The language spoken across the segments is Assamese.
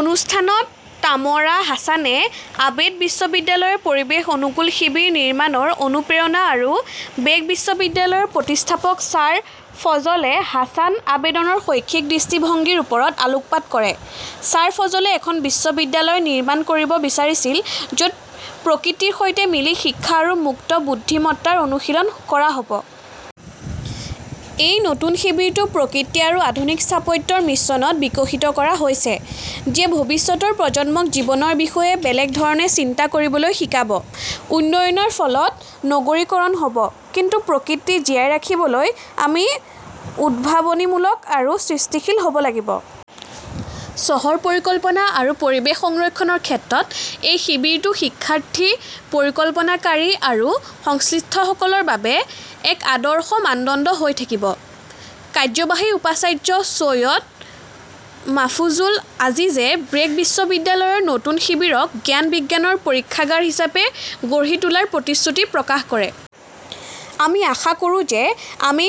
অনুষ্ঠানত তামৰা হাছানে আবেদ বিশ্ববিদ্যালয়ৰ পৰিৱেশ অনুকূল শিবিৰ নিৰ্মাণৰ অনুপ্ৰেৰণা আৰু ব্ৰেক বিশ্ববিদ্যালয়ৰ প্ৰতিষ্ঠাপক ছাৰ ফজলে হাছান আবেদৰ শৈক্ষিক দৃষ্টিভংগীৰ ওপৰত আলোকপাত কৰে। "ছাৰ ফজলে এখন বিশ্ববিদ্যালয় নিৰ্মাণ কৰিব বিচাৰিছিল য'ত প্ৰকৃতিৰ সৈতে মিলি শিক্ষা আৰু মুক্ত বুদ্ধিমত্তাৰ অনুশীলন কৰা হ'ব।" এই নতুন শিবিৰটো প্ৰকৃতি আৰু আধুনিক স্থাপত্যৰ মিশ্ৰণত বিকশিত কৰা হৈছে, যিয়ে ভৱিষ্যতৰ প্ৰজন্মক জীৱনৰ বিষয়ে বেলেগ ধৰণে চিন্তা কৰিবলৈ শিকাব। উন্নয়নৰ ফলত নগৰীকৰণ হ'ব, কিন্তু প্ৰকৃতি জীয়াই ৰাখিবলৈ আমি উদ্ভাৱনীমূলক আৰু সৃষ্টিশীল হ'ব লাগিব। চহৰ পৰিকল্পনা আৰু পৰিৱেশ সংৰক্ষণৰ ক্ষেত্ৰত এই শিবিৰটো শিক্ষাৰ্থী, পৰিকল্পনাকাৰী আৰু সংশ্লিষ্টসকলৰ বাবে এক আদৰ্শ মানদণ্ড হৈ থাকিব। কাৰ্যবাহী উপাচাৰ্য চৈয়দ মাহফুজুল আজিজে ব্ৰেক বিশ্ববিদ্যালয়ৰ নতুন শিবিৰক জ্ঞান-বিজ্ঞানৰ পৰীক্ষাগাৰ হিচাপে গঢ়ি তোলাৰ প্ৰতিশ্ৰুতি প্ৰকাশ কৰে। "আমি আশা কৰোঁ যে আমি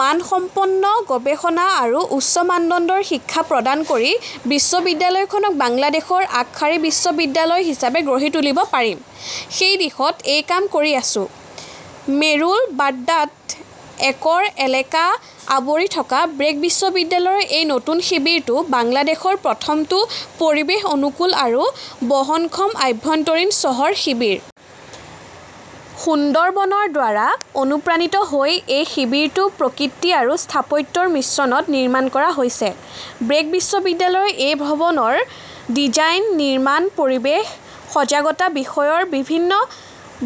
মানসম্পন্ন গৱেষণা আৰু উচ্চ মানদণ্ডৰ শিক্ষা প্ৰদান কৰি বিশ্ববিদ্যালয়খনক বাংলাদেশৰ আগশাৰীৰ বিশ্ববিদ্যালয় হিচাপে গঢ়ি তুলিব পাৰিম। সেই দিশত মই কাম কৰি আছোঁ।" মেৰুল বাড্ডাত একৰ এলেকা আৱৰি থকা ব্ৰেক বিশ্ববিদ্যালয়ৰ এই নতুন শিবিৰটো বাংলাদেশৰ প্ৰথমটো পৰিৱেশ-অনুকূল আৰু বহনক্ষম আভ্যন্তৰীণ চহৰৰ শিবিৰ। সুন্দৰবনৰ দ্বাৰা অনুপ্ৰাণিত হৈ এই শিবিৰটো প্ৰকৃতি আৰু স্থাপত্যৰ মিশ্ৰণত নিৰ্মাণ কৰা হৈছে। ব্ৰেক বিশ্ববিদ্যালয়ৰ এই ভৱনৰ ডিজাইন, নিৰ্মাণ, পৰিৱেশ সজাগতা বিষয়ৰ বিভিন্ন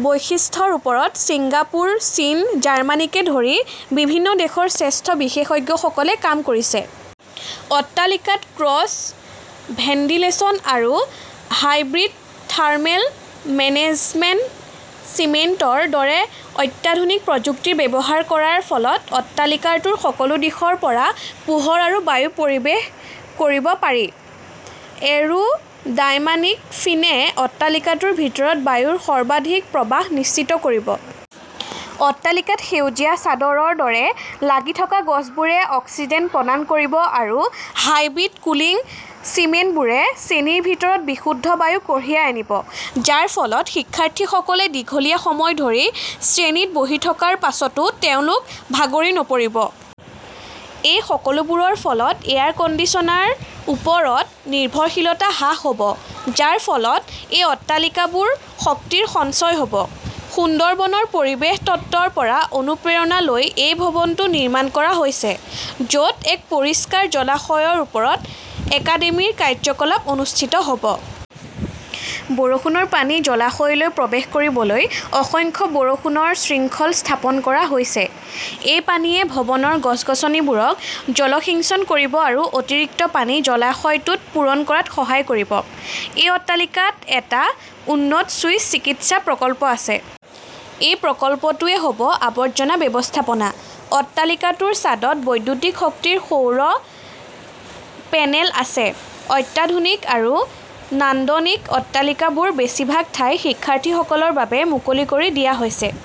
বৈশিষ্ট্যৰ ওপৰত ছিংগাপুৰ, চীন, জাৰ্মানীকে ধৰি বিভিন্ন দেশৰ শ্ৰেষ্ঠ বিশেষজ্ঞসকলে কাম কৰিছে। অট্টালিকাত ক্ৰছ ভেণ্টিলেচন আৰু হাইব্ৰিড থাৰ্মেল মেনেজমেণ্ট চিষ্টেমৰ দৰে অত্যাধুনিক প্ৰযুক্তি ব্যৱহাৰ কৰাৰ ফলত অট্টালিকাটোৰ সকলো দিশৰ পৰা পোহৰ আৰু বায়ু প্ৰৱেশ কৰিব পাৰি। এৰো ডাইনামিক ফিনে অট্টালিকাটোৰ ভিতৰত বায়ুৰ সৰ্বাধিক প্ৰবাহ নিশ্চিত কৰিব। অট্টালিকাত সেউজীয়া চাদৰৰ দৰে লাগি থকা গছবোৰে অক্সিজেন প্ৰদান কৰিব আৰু হাইব্ৰিড কুলিং চিষ্টেমবোৰে শ্ৰেণীৰ ভিতৰত বিশুদ্ধ বায়ু কঢ়িয়াই আনিব, যাৰ ফলত শিক্ষাৰ্থীসকলে দীঘলীয়া সময় ধৰি শ্ৰেণীত বহি থকাৰ পাছতো তেওঁলোক ভাগৰি নপৰিব। এই সকলোবোৰৰ ফলত এয়াৰ কণ্ডিচনাৰৰ ওপৰত নিৰ্ভৰশীলতা হ্ৰাস হ'ব, যাৰ ফলত এই অট্টালিকাটোৰ শক্তিৰ সঞ্চয় হ'ব। সুন্দৰবনৰ পৰিৱেশ তন্ত্ৰৰ পৰা অনুপ্ৰেৰণা লৈ এই ভৱনটো নিৰ্মাণ কৰা হৈছে। য'ত এক পৰিষ্কাৰ জলাশয়ৰ ওপৰত একাডেমীৰ কাৰ্যকলাপ অনুষ্ঠিত হ'ব। বৰষুণৰ পানী জলাশয়লৈ প্ৰৱেশ কৰিবলৈ অসংখ্য বৰষুণৰ শৃংখল স্থাপন কৰা হৈছে। এই পানীয়ে ভৱনৰ গছ-গছনিবোৰক জলসিঞ্চন কৰিব আৰু অতিৰিক্ত পানী জলাশয়টোত পূৰণ কৰাত সহায় কৰিব। এই অট্টালিকাত এটা উন্নত চুইচ চিকিৎসা প্ৰকল্প আছে। এই প্ৰকল্পটোৱেই হ'ব আৱৰ্জনা ব্যৱস্থাপনা। অট্টালিকাটোৰ ছাদত বৈদ্যুতিক শক্তিৰ সৌৰ পেনেল আছে । অত্যাধুনিক আৰু নান্দনিক অট্টালিকাটোৰ বেছিভাগ ঠাই শিক্ষাৰ্থীসকলৰ বাবে মুকলি কৰি দিয়া হৈছে।